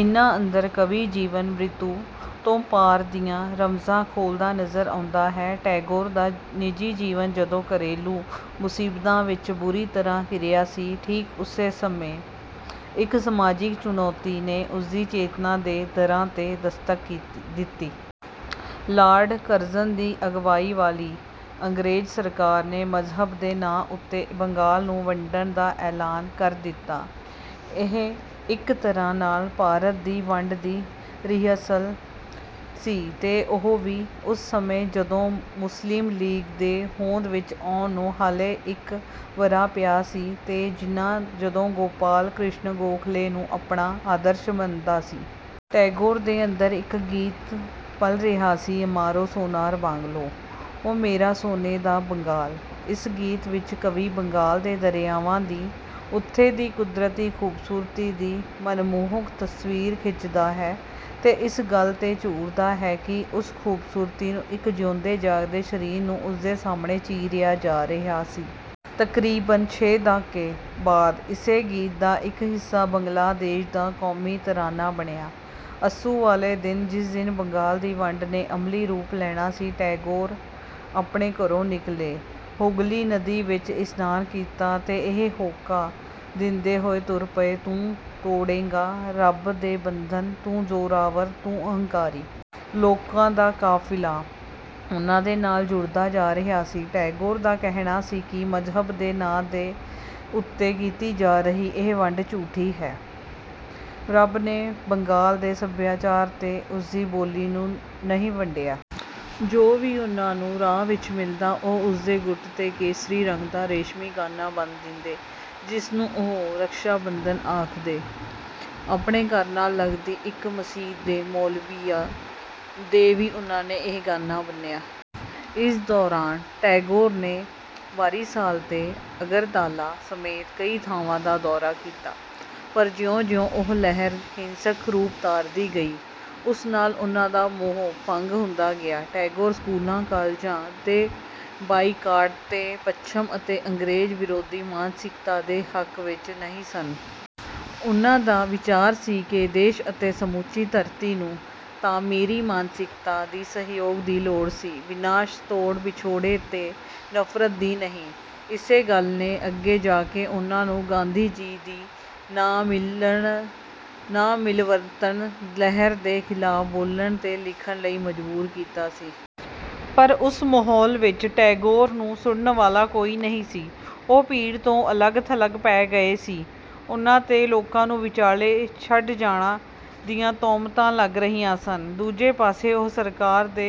ਇਨ੍ਹਾ ਅੰਦਰ ਕਵੀ ਜੀਵਨ-ਮ੍ਰਿਤੂ ਤੋਂ ਪਾਰ ਦੀਆਂ ਰਮਜਾਂ ਖੋਲਦਾ ਨਜ਼ਰ ਆਉਂਦਾ ਹੈ। ਟੈਗੋਰ ਦਾ ਨਿਜੀ ਜੀਵਨ ਜਦੋਂ ਘਰੇਲੂ ਮੁਸੀਬਤਾਂ ਵਿੱਚ ਬੁਰੀ ਤਰ੍ਹਾ ਘਿਰਿਆ ਸੀ, ਠੀਕ ਉਸੇ ਸਮੇਂ ਇੱਕ ਸਮਾਜਿਕ ਚੁਣੌਤੀ ਨੇ ਉਸਦੀ ਚੇਤਨਾ ਦੇ ਦਰਾਂ 'ਤੇ ਦਸਤਕ ਦਿੱਤੀ। ਲ਼ਾਰਡ ਕਰਜ਼ਨ ਦੀ ਅਗਵਾਈ ਵਾਲੀ ਅੰਗਰੇਜ਼ ਸਰਕਾਰ ਨੇ ਮਜ਼ਹਬ ਦੇ ਨਾਂ ਉੱਤੇ ਬੰਗਾਲ ਨੂੰ ਵੰਡਣ ਦਾ ਐਲਾਨ ਕਰ ਦਿੱਤਾ। ਇਹ ਇੱਕ ਤਰ੍ਹਾਂ ਨਾਲ ਭਾਰਤ ਦੀ ਵੰਡ ਦੀ ਰਿਹਰਸਲ ਸੀ ਤੇ ਉਹ ਵੀ ਉਸ ਸਮੇਂ ਜਦੋਂ ਮੁਸਲਿਮ ਲੀਗ ਦੇ ਹੋਂਦ ਵਿੱਚ ਆਉਣ ਨੂੰ ਹਾਲੇ ਇੱਕ ਵਰ੍ਹਾ ਪਿਆ ਸੀ, ਤੇ ਜਿਨਾਹ ਜਦੋਂ ਗੋਪਾਲ ਕ੍ਰਿਸ਼ਣ ਗੋਖਲੇ ਨੂੰ ਆਪਣਾ ਆਦਰਸ਼ ਮੰਨਦਾ ਸੀ। ਟੈਗੋਰ ਦੇ ਅੰਦਰ ਇੱਕ ਗੀਤ ਪਲ ਰਿਹਾ ਸੀ, "ਅਮਾਰੋ ਸੋਨਾਰ ਬਾਂਗਲੋ"—ਓ ਮੇਰਾ ਸੋਨੇ ਦਾ ਬੰਗਾਲ। ਇਸ ਗੀਤ ਵਿੱਚ ਕਵੀ ਬੰਗਾਲ ਦੇ ਦਰਿਆਵਾਂ ਦੀ, ਉੱਥੇ ਦੀ ਕੁਦਰਤੀ ਖੂਬਸੂਰਤੀ ਦੀ ਮਨਮੋਹਕ ਤਸਵੀਰ ਖਿੱਚਦਾ ਹੈ ਤੇ ਇਸ ਗੱਲ 'ਤੇ ਝੂਰਦਾ ਹੈ ਕਿ ਉਸ ਖੂਬਸੂਰਤੀ ਨੂੰ ਇੱਕ ਜਿਉਂਦੇ-ਜਾਗਦੇ ਸ਼ਰੀਰ ਨੂੰ ਉਸਦੇ ਸਾਹਮਣੇ ਚੀਰਿਆ ਜਾ ਰਿਹਾ ਸੀ। ਤਕਰੀਬਨ ਛੇ ਦਹਾਕੇ ਬਾਦ ਇਸੇ ਗੀਤ ਦਾ ਇੱਕ ਹਿੱਸਾ ਬੰਗਲਾ ਦੇਸ਼ ਦਾ ਕੌਮੀ ਤਰਾਨਾ ਬਣਿਆ। ਅੱਸੂ ਵਾਲੇ ਦਿਨ ਜਿਸ ਦਿਨ ਬੰਗਾਲ ਦੀ ਵੰਡ ਨੇ ਅਮਲੀ ਰੂਪ ਲੈਣਾ ਸੀ, ਟੈਗੋਰ ਆਪਣੇ ਘਰੋਂ ਨਿਕਲੇ, ਹੁਗਲੀ ਨਦੀ ਵਿੱਚ ਇਸਨਾਨ ਕੀਤਾ ਤੇ ਇਹ ਹੋਕਾ ਦਿੰਦੇ ਹੋਏ ਤੁਰ ਪਏ, "ਤੂੰ ਤੋੜੇਂਗਾ ਰੱਬ ਦੇ ਬੰਧਨ, ਤੂੰ ਜ਼ੋਰਾਵਰ ਤੂੰ ਹੰਕਾਰੀ...। " ਲੋਕਾਂ ਦਾ ਕਾਫ਼ਿਲਾ ਉਨ੍ਹਾ ਦੇ ਨਾਲ ਜੁੜਦਾ ਜਾ ਰਿਹਾ ਸੀ। ਟੈਗੋਰ ਦਾ ਕਹਿਣਾ ਸੀ ਕਿ ਮਜ਼ਹਬ ਦੇ ਨਾਂ ਉੱਤੇ ਕੀਤੀ ਜਾ ਰਹੀ ਇਹ ਵੰਡ ਝੂਠੀ ਹੈ, ਰੱਬ ਨੇ ਬੰਗਾਲ ਦੇ ਸਭਿਆਚਾਰ ਤੇ ਉਸਦੀ ਬੋਲੀ ਨੂੰ ਨਹੀਂ ਵੰਡਿਆ। ਜੋ ਵੀ ਉਨ੍ਹਾ ਨੂੰ ਰਾਹ ਵਿੱਚ ਮਿਲਦਾ ਉਹ ਉਸਦੇ ਗੁੱਟ ਤੇ ਕੇਸਰੀ ਰੰਗ ਦਾ ਰੇਸ਼ਮੀ ਗਾਨਾਂ ਬੰਨ ਦਿੰਦੇ, ਜਿਸਨੂੰ ਉਹ "ਰਖਸ਼ਾ-ਬੰਧਨ" ਆਖਦੇ। ਆਪਣੇ ਘਰ ਨਾਲ ਲਗਦੀ ਇੱਕ ਮਸੀਤ ਦੇ ਮੌਲਵੀਆਂ ਦੇ ਵੀ ਉਨ੍ਹਾ ਨੇ ਇਹ ਗਾੰਨਾ ਬੰਨਿਆ। ਇਸ ਦੌਰਾਨ ਟੈਗੋਰ ਨੇ ਵਾਰੀਸਾਲ ਤੇ ਅਗਰਤਾਲਾ ਸਮੇਤ ਕਈ ਥਾਵਾਂ ਦਾ ਦੌਰਾ ਕੀਤਾ ਪਰ ਜਿਉਂ-ਜਿਉਂ ਉਹ ਲਹਿਰ ਹਿੰਸਕ ਰੂਪ ਧਾਰਦੀ ਗਈ, ਉਸ ਨਾਲ ਉਨ੍ਹਾ ਦਾ ਮੋਹ ਭੰਗ ਹੁੰਦਾ ਗਿਆ। ਟੈਗੋਰ ਸਕੂਲਾ-ਕਾਲਜਾਂ ਦੇ ਬਾਈਕਾਟ ਤੇ ਪੱਛਮ ਅਤੇ ਅੰਗਰੇਜ਼ ਵਿਰੋਧੀ ਮਾਨਸਿਕਤਾ ਦੇ ਹੱਕ ਵਿੱਚ ਨਹੀਂ ਸਨ। ਉਨ੍ਹਾ ਦਾ ਵਿਚਾਰ ਸੀ ਕਿ ਦੇਸ਼ ਅਤੇ ਸਮੁੱਚੀ ਧਰਤੀ ਨੂੰ ਤਾਮੀਰੀ ਮਾਨਸਿਕਤਾ ਦੀ ਸਹਿਯੋਗ ਦੀ ਲੋੜ ਸੀ, ਵਿਨਾਸ਼, ਤੋੜ-ਵਿਛੋੜੇ ਤੇ ਨਫ਼ਰਤ ਦੀ ਨਹੀਂ। ਇਸੇ ਗੱਲ ਨੇ ਅੱਗੇ ਜਾ ਕੇ ਉਨ੍ਹਾ ਨੂੰ ਗਾਂਧੀ ਜੀ ਦੀ ਨਾ-ਮਿਲਵਰਤਣ ਲਹਿਰ ਦੇ ਖਿਲਾਫ਼ ਬੋਲਣ ਤੇ ਲਿਖਣ ਲਈ ਮਜਬੂਰ ਕੀਤਾ ਸੀ। ਪਰ ਉਸ ਮਹੌਲ ਵਿੱਚ ਟੈਗੋਰ ਨੂੰ ਸੁਣਨ ਵਾਲਾ ਕੋਈ ਨਹੀਂ ਸੀ। ਉਹ ਭੀੜ ਤੋਂ ਅਲਗ-ਥਲਗ ਪੈ ਗਏ ਸੀ, ਉਨ੍ਹਾ 'ਤੇ ਲੋਕਾਂ ਨੂੰ ਵਿਚਾਲੇ ਛੱਡ ਜਾਣ ਦੀਆਂ ਤੋਹਮਤਾਂ ਲਗ ਰਹੀਆਂ ਸਨ। ਦੂਜੇ ਪਾਸੇ ਉਹ ਸਰਕਾਰ ਤੇ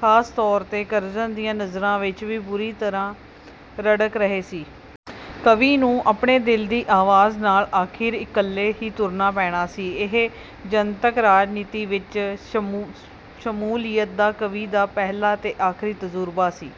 ਖਾਸ ਤੌਰ 'ਤੇ ਕਰਜ਼ਨ ਦੀਆਂ ਨਜ਼ਰਾਂ ਵਿੱਚ ਵੀ ਬੁਰੀ ਤਰ੍ਹਾਂ ਰੜਕ ਰਹੇ ਸੀ। ਕਵੀ ਨੂੰ ਆਪਣੇ ਦਿਲ ਦੀ ਆਵਾਜ਼ ਨਾਲ ਆਖਿਰ ਇੱਕਲੇ ਹੀ ਤੁਰਨਾ ਪੈਣਾ ਸੀ। ਇਹ ਜਨਤਕ ਰਾਜਨੀਤੀ ਵਿੱਚ ਸ਼ਮੂਲੀਅਤ ਦਾ ਕਵੀ ਦਾ ਪਹਿਲਾ ਤੇ ਆਖਰੀ ਤਜ਼ੁਰਬਾ ਸੀ।